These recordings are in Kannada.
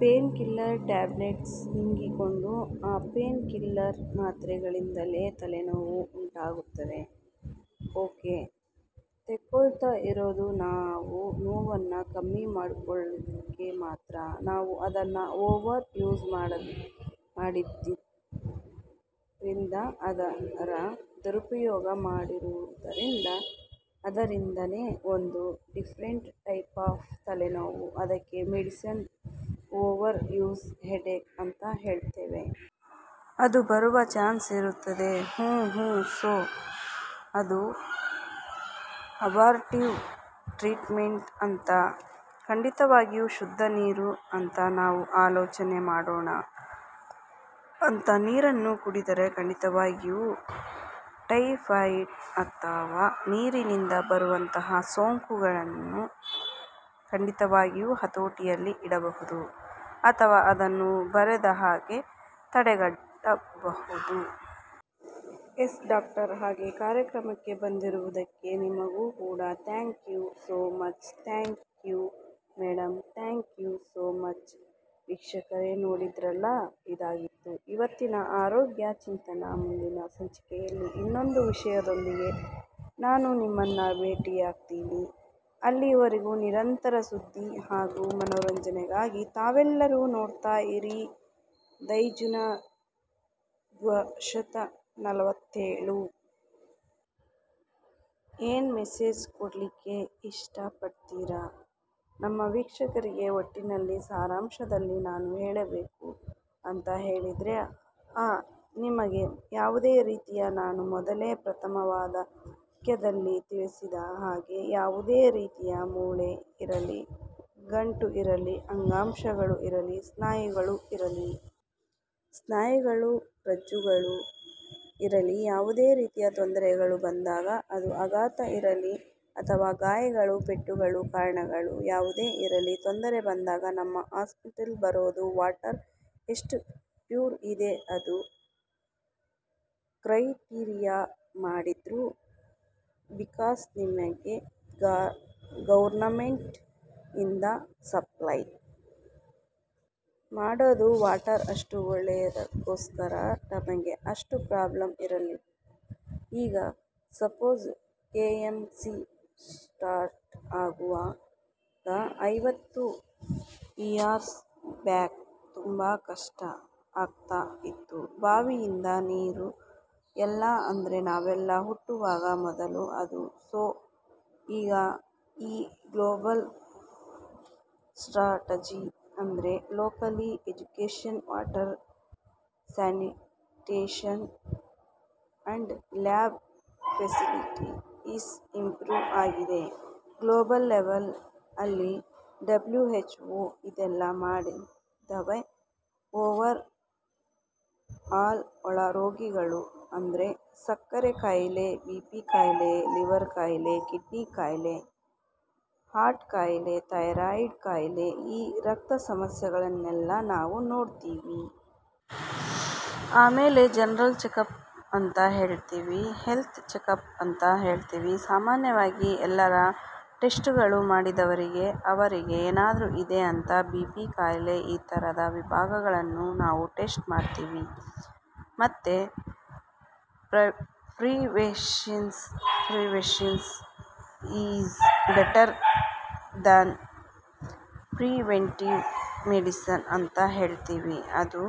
ಪೇನ್ ಕಿಲ್ಲರ್ ಟ್ಯಾಬ್ಲೆಟ್ಸ್ ನುಂಗಿಕೊಂಡು ಆ ಪೇನ್ ಕಿಲ್ಲರ್ ಮಾತ್ರೆಗಳಿಂದಲೇ ತಲೆನೋವು ಉಂಟಾಗುತ್ತದೆ. ಓಕೆ ತೆಕ್ಕೊಳ್ತಾ ಇರೋದು ನಾವು ನೋವನ್ನ ಕಮ್ಮಿ ಮಾಡಿಕೊಳ್ಳಿಕ್ಕೆ ಮಾತ್ರ ನಾವು ಅದನ್ನ ಓವರ್ ಯೂಸ್ ಮಾಡಿದ್ದರಿಂದ ಅದರ ದುರುಪಯೋಗ ಮಾಡುವುದರಿಂದ ಅದರಿಂದನೇ ಒಂದು ಡಿಫರೆಂಟ್ ಟೈಪ್ ಆಫ್ ತಲೆನೋವು ಅದಕ್ಕೆ ಮೆಡಿಕೇಶನ್ ಓವರ್ ಯೂಸ್ ಹೆಡ್ಕ್ ಅಂತ ಹೇಳ್ತೇವೆ. ಅದು ಬರುವ ಚಾನ್ಸ್ ಇರುತ್ತದೆ. ಹು ಹು ಸೊ ಅದು ಅಬಾರ್ಟಿವ್ ಟ್ರೀಟ್ಮೆಂಟ್ ಅಂತ. ಖಂಡಿತವಾಗಿಯೂ ಶುದ್ಧ ನೀರು ಅಂತ ನಾವು ಆಲೋಚನೆ ಮಾಡೋಣ ಅಂತ ನೀರನ್ನು ಕುಡಿದರೆ ಖಂಡಿತವಾಗಿಯೂ ಟೈಫಾಯ್ಡ್ ಅಥವಾ ನೀರಿಂದ ಬರುವಂತಹ ಸೋಂಕುಗಳನ್ನು ಖಂಡಿತವಾಗಿಯೂ ಹತೋಟಿಯಲ್ಲಿ ಇಡಬಹುದು ಅಥವಾ ಅದನ್ನು ಬರೆದ ಹಾಗೆ ತಡೆಗಟ್ಟಬಹುದು. ಎಸ್ ಡಾಕ್ಟರ್ ಹಾಗೆ ಕಾರ್ಯಕ್ರಮಕ್ಕೆ ಬಂದಿರುವುದಕ್ಕೆ ನಿಮಗೂ ಕೂಡ thank you so much thank you madam thank you so much ವೀಕ್ಷಕರೇ ನೋಡಿದ್ರಲ್ಲ ಇದಾಗಿತ್ತು ಇವತ್ತಿನ ಆರೋಗ್ಯ ಚಿಂತನ ಮುಂದಿನ ಸಂಚಿಕೆಯಲ್ಲಿ ಇನ್ನೊಂದು ವಿಷಯದೊಂದಿಗೆ ನಾನು ನಿಮ್ಮನ್ನ ಭೇಟಿಯಾಗ್ತೀನಿ ಅಲ್ಲಿಯವರೆಗೂ ನಿರಂತರ ಸುದ್ದಿ ಹಾಗೂ ಮನೋರಂಜನೆಗಾಗಿ ತಾವೆಲ್ಲರೂ ನೋಡ್ತಾ ಇರಿ ದೈಜುವ ದ್ವಿಶತ ನಲವತ್ತೇಳು. ಏನ್ ಮೆಸೇಜ್ ಕೊಡ್ಲಿಕ್ಕೆ ಇಷ್ಟ ಪಡ್ತೀರಾ ನಮ್ಮ ವೀಕ್ಷಕರಿಗೆ ಒಟ್ಟಿನಲ್ಲಿ ಸಾರಾಂಶದಲ್ಲಿ ನಾನು ಹೇಳಬೇಕು ಅಂತ ಹೇಳಿದ್ರೆ ಆ ನಿಮಗೆ ಯಾವುದೇ ರೀತಿಯ ನಾನು ಮೊದಲೇ ಪ್ರಥಮವಾದ ವಾಕ್ಯದಲ್ಲಿ ತಿಳಿಸಿದ ಹಾಗೆ ಯಾವುದೇ ರೀತಿಯ ಮೂಳೆ ಇರಲಿ ಗಂಟು ಇರಲಿ ಅಂಗಾಂಶಗಳು ಇರಲಿ ಸ್ನಾಯುಗಳು ಇರಲಿ ಸ್ನಾಯುಗಳು ರಜ್ಜುಗಳು ಇರಲಿ ಯಾವುದೇ ರೀತಿಯ ತೊಂದರೆಗಳು ಬಂದಾಗ ಅದು ಆಘಾತ ಇರಲಿ ಅಥವಾ ಗಾಯಗಳು ಪೆಟ್ಟುಗಳು ಕಾರಣಗಳು ಯಾವುದೇ ಇರಲಿ ತೊಂದರೆ ಬಂದಾಗ ನಮ್ಮ ಹಾಸ್ಪಿಟಲ್ ಬರೋದು ವಾಟರ್ ಎಷ್ಟು ಪ್ಯೂರ್ ಇದೆ ಅದು ಕ್ರೈಟೀರಿಯಾ ಮಾಡಿದ್ರು ಬಿಕಾಸ್ ನಮಗೆ ಗೌರ್ನಮೆಂಟ್ ಇಂದ ಸಪ್ಲೈ ಮಾಡೋದು ವಾಟರ್ ಅಷ್ಟು ಒಳ್ಳೆಯದಕ್ಕೋಸ್ಕರ ನಮಗೆ ಅಷ್ಟು ಪ್ರಾಬ್ಲಮ್ ಇರಲಿಲ್ಲ ಈಗ ಸಪೋಸ್ ಕೆಎಂಸಿ ಸ್ಟಾರ್ಟ್ ಆಗುವಾಗ ಐವತ್ತು ಇಯರ್ಸ್ ಬ್ಯಾಕ್ ತುಂಬಾ ಕಷ್ಟ ಆಗ್ತಾ ಇತ್ತು ಬಾವಿಯಿಂದ ನೀರು ಎಲ್ಲ ಅಂದ್ರೆ ನಾವೆಲ್ಲ ಹುಟ್ಟುವಾಗ ಮೊದಲು ಅದು ಸೋ ಈಗ ಈ ಗ್ಲೋಬಲ್ ಸ್ಟ್ರಾಟಜಿ ಅಂದ್ರೆ locally education water sanitation and lab facilities improve ಆಗಿದೆ ಗ್ಲೋಬಲ್ ಲೆವೆಲ್ ಅಲ್ಲಿ ಡಬ್ಲ್ಯೂ ಹೆಚ್ ಓ ಇದೆಲ್ಲ ಮಾಡಿದವೆ ಓವರ್ ಆಲ್ ಒಳ ರೋಗಗಳು ಅಂದ್ರೆ ಸಕ್ಕರೆ ಕಾಯಿಲೆ ಬಿಪಿ ಕಾಯಿಲೆ ಲಿವರ್ ಕಾಯಿಲೆ ಕಿಡ್ನಿ ಕಾಯಿಲೆ ಹಾರ್ಟ್ ಕಾಯಿಲೆ ಥೈರಾಯಿಡ್ ಕಾಯಿಲೆ ಈ ರಕ್ತ ಸಮಸ್ಯೆಗಳನ್ನೆಲ್ಲ ನಾವು ನೋಡ್ತೀವಿ. ಆಮೇಲೆ ಜನರಲ್ ಚೆಕ್ಅಪ್ ಅಂತ ಹೇಳ್ತೀವಿ. ಹೆಲ್ತ್ ಚೆಕ್ಅಪ್ ಅಂತ ಹೇಳ್ತೀವಿ. ಸಾಮಾನ್ಯವಾಗಿ ಎಲ್ಲರ ಟೆಸ್ಟ್ ಗಳು ಮಾಡಿದವರಿಗೆ ಅವರಿಗೆ ಏನಾದರೂ ಇದೆ ಅಂತ ಬಿಪಿ ಕಾಯಿಲೆ ಈ ತರದ ವಿಭಾಗಗಳನ್ನು ನಾವು ಟೆಸ್ಟ್ ಮಾಡ್ತೀವಿ ಮತ್ತೆ prevention prevention is better than preventive medicine ಅಂತ ಹೇಳ್ತಿವಿ ಅದು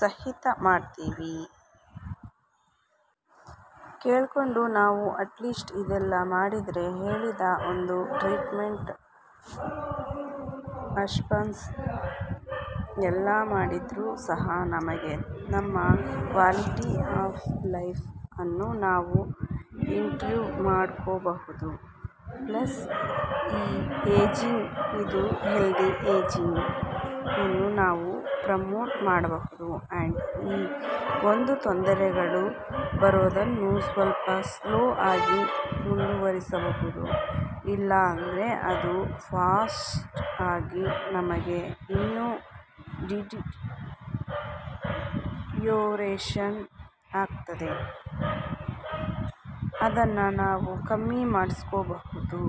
ಸಹಿತ ಮಾಡ್ತೀವಿ. ಕೇಳ್ಕೊಂಡು ನಾವು ಅಟ್ಲೀಸ್ಟ್ ಇದೆಲ್ಲ ಮಾಡಿದ್ರೆ ಹೇಳಿದ ಒಂದು ಟ್ರೀಟ್ಮೆಂಟ್ ಆಪ್ಷನ್ಸ್ ಎಲ್ಲ ಮಾಡಿದ್ರು ಸಹ ನಮಗೆ ನಮ್ಮ ಕ್ವಾಲಿಟಿ ಆಫ್ ಲೈಫ್ ಅನ್ನು ನಾವು ಇಂಪ್ರೂವ್ ಮಾಡ್ಕೋಬಹುದು ಪ್ಲಸ್ ಈ ಏಜಿಂಗ್ ಇದು ಹೆಲ್ದಿ ಏಜಿಂಗ್ ಅನ್ನು ನಾವು ಪ್ರಮೋಟ್ ಮಾಡಬಹುದು ಅಂಡ್ ಈ ಒಂದು ತೊಂದರೆಗಳು ಬರೋದನ್ನು ಸ್ವಲ್ಪ ಸ್ಲೋ ಆಗಿ ಮುಂದುವರಿಸಬಹುದು ಇಲ್ಲ ಅಂದ್ರೆ ಅದು ಫಾಸ್ಟ್ ಆಗಿ ನಮಗೆ ಇನ್ನು ಡಿಟಿಯೋರೇಷನ್ ಆಗ್ತದೆ ಅದನ್ನ ನಾವು ಕಮ್ಮಿ ಮಾಡಿಸ್ಕೊಬಹುದು.